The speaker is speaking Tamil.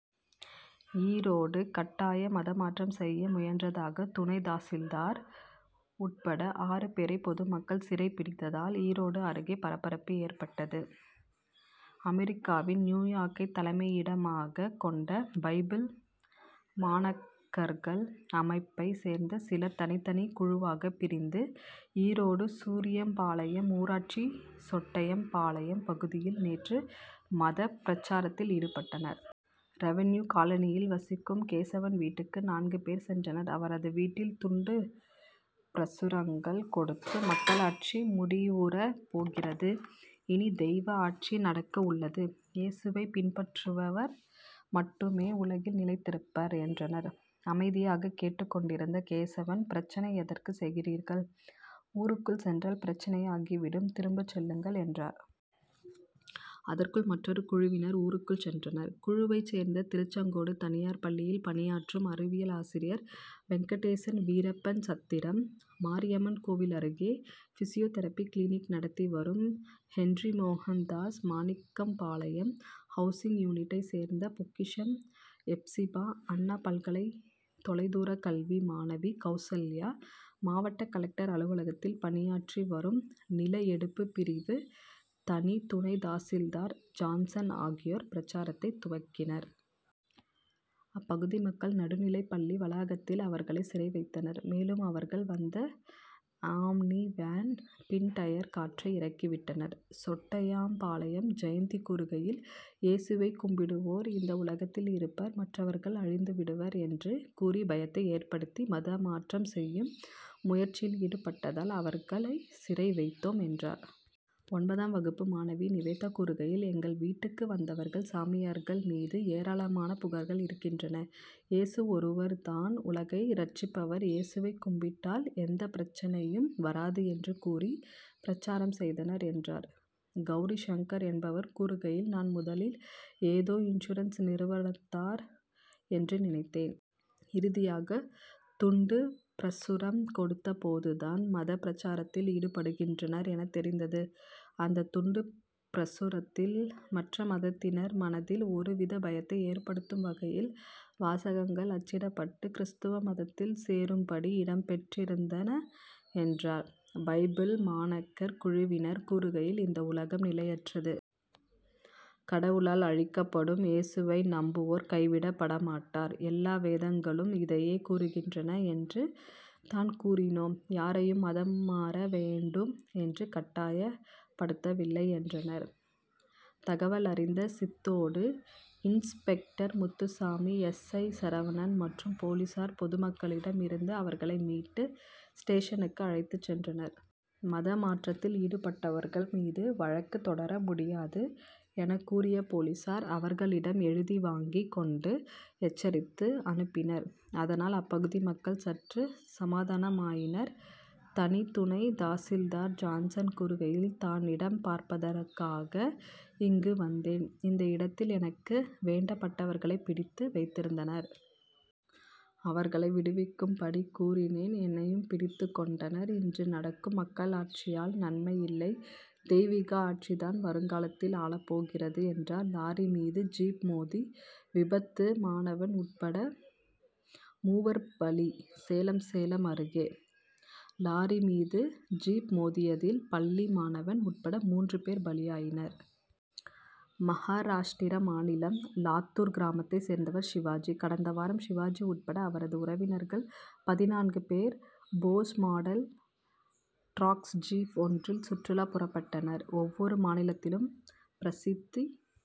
ஈரோடு கட்டாய மதமாற்றம் செய்ய முயன்றதாக துணை தாசில்தார் உட்பட ஆறு பேரை பொதுமக்கள் சிறை பிடித்த தால் ஈரோடு அருகே பரபரப்பு ஏற்பட்டது. அமெரிக்காவின் நியூயார்க்கை தலைமையிடமாகக் கொண்ட பைபிள் மாணாக்கர்கள் அமைப்பைச் சேர்ந்த சிலர் தனித்தனி குழுவாகப் பிரிந்து ஈரோடு சூரியம்பாளையம் ஊராட்சி சொட்டையம் பாளையம் பகுதியில் நேற்று மதப் பிரசாரத்தில் ஈடுபட்டனர். ரெவின்யூ காலனியில் வசிக்கும் கேசவன் வீட்டுக்கு நான்கு பேர் சென்றனர். அவரது வீட்டில் துண்டு பிரசுரங்கள் கொடுத்து மக்களாட்சி முடிவுறப் போகிறது இனி தெய்வ ஆட்சி நடக்க உள்ளது. ஏசுவை பின்பற்றுபவர் மட்டுமே உலகில் நிலைத்திருப்பர் என்றனர். அமைதியாக கேட்டுக் கொண்டிருந்த கேசவன் பிரச்னை எதற்கு செய்கிறீர்கள் ஊருக்குள் சென்றால் பிரச்னையாகி விடும் திரும்பச் செல்லுங்கள் என்றார். அதற்குள் மற்றொரு குழுவினர் ஊருக்குள் சென்றனர். குழுவைச் சேர்ந்த திருச்செங்கோடு தனியார் பள்ளியில் பணியாற்றும் அறிவியல் ஆசிரியர் வெங்கடேசன் வீரப்பன்சத்திரம் மாரியம்மன் கோவில் அருகே பிசியோதெரபி கிளினிக் நடத்தி வரும் ஹென்றி மோகன்தாஸ் மாணிக்கம்பாளையம் ஹவுசிங் யூனிட்டைச் சேர்ந்த பொக்கிஷம் யெப்சிபா அண்ணா பல்கலை தொலைதூரக் கல்வி மாணவி கவுசல்யா மாவட்ட கலெக்டர் அலுவலகத்தில் பணியாற்றி வரும் நிலஎடுப்புப் பிரிவு தனி துணை தாசில்தார் ஜான்சன் ஆகியோர் பிர சாரத்தை துவக்கினர். அப்பகுதி மக்கள் நடுநிலைப்பள்ளி வளாகத்தில் அவர்களை சிறை வைத்தனர். மேலும் அவர்கள் வந்த ஆம்னி வேன் பின் டயர் காற்றை இறக்கிவிட்டனர். சொட்டையம் பாளையம் ஜெயந்தி கூறுகையில் ஏசுவை கும்பிடுவோர் இந்த உலகத்தில் இருப்பர் மற்றவர்கள் அழிந்து விடுவர் என்று கூறி பயத்தை ஏற்படுத்தி மதமாற்றம் செய்யும் முயற்சியில் ஈடுபட்டதால் அவர்களை சிறை வைத்தோம் என்றார். ஒன்பதாம் வகுப்பு மாணவி நிவேதா கூறுகையில் எங்கள் வீட்டுக்கு வந்தவர்கள் சாமியார்கள் மீது ஏராளமான புகார்கள் இருக்கின்றன. ஏசு ஒருவர் தான் உலகை ரட்சிப்பவர் ஏசுவை கும்பிட்டால் எந்த பிரச்னையும் வராது என்று கூறி பிரசாரம் செய்தனர் என்றார். கவுரி சங்கர் என்பவர் கூறுகையில் நான் முதலில் ஏதோ இன்சூரன்ஸ் நிறுவனத்தார் என்று நினைத்தேன். இறுதியாக துண்டு பிரசுரம் கொடுத்த போது தான் மதப் பிரசாரத்தில் ஈடுபடுகின்றனர் எனத் தெரிந்தது. அந்த துண்டு பிரசுரத்தில் மற்ற மதத்தினர் மனதில் ஒருவித பயத்தை ஏற்படுத்தும் வகையில் வாசகங்கள் அச்சிடப்பட்டு கிறிஸ்துவ மதத்தில் சேரும் படி இடம் பெற்றிருந்தன என்றார். பைபிள் மாணாக்கர் குழுவினர் கூறுகையில் இந்த உலகம் நிலையற்றது. கடவுளால் அழிக்கப்படும். ஏசுவை நம்புவோர் கைவிடப்படமாட்டார். எல்லா வேதங்களும் இதையே கூறுகின்றன என்று தான் கூறினோம். யாரையும் மதம் மாற வேண்டும் என்று கட்டாயப் படுத்தவில்லை என்றனர். தகவலறிந்த Chithode inspector Muthusamy S. I. Saravanan மற்றும் போலீசார் பொதுமக்களிடம் இருந்து அவர்களை மீட்டு ஸ்டேஷனுக்கு அழைத்துச் சென்றனர். மதமாற்றத்தில் ஈடுபட்டவர்கள் மீது வழக்கு தொடர முடியாது எனக் கூறிய போலீசார் அவர் களிடம் எழுதி வாங்கிக் கொண்டு எச்சரித்து அனுப்பினர். அதனால் அப்பகுதி மக்கள் சற்று சமாதானமாயினர். தனி துணை தாசில்தார் ஜான்சன் கூறுகையில் நான் இடம் பார்ப்பதற்காக இங்கு வந்தேன். வந்த இடத்தில் எனக்கு வேண் டப்பட்டவர்களை பிடித்து வைத்திருந்தனர். அவர்களை விடுவிக்கும்படி கூறினேன். என்னையும் பிடித்துக் கொண்ட னர். இன்று நடக்கும் மக்களாட்சியால் நன்மையில்லை தெய்வீக ஆட்சி தான் வருங்காலத்தில் ஆளப்போகிறது என்றார். லாரி மீது ஜீப் மோதி விபத்து மாணவன் உட்பட மூவர் பலி சேலம் சேலம் அருகே. லாரி மீது ஜீப் மோதியதில் பள்ளி மாணவன் உட்பட மூன்று பேர் பலியாயினர். மகாராஷ்டிரா மாநிலம் லாத்தூர் கிராமத்தை சேர்ந்தவர் சிவாஜி. கடந்த வாரம் சிவாஜி உட்பட அவரது உறவினர்கள் பதினான்கு பேர் போர்ஸ் மாடல் டிராக்ஸ் ஜீப் ஒன்றில் சுற்றுலா புறப்பட்டனர். ஒவ்வொரு மாநிலத்திலும் பிரசித்தி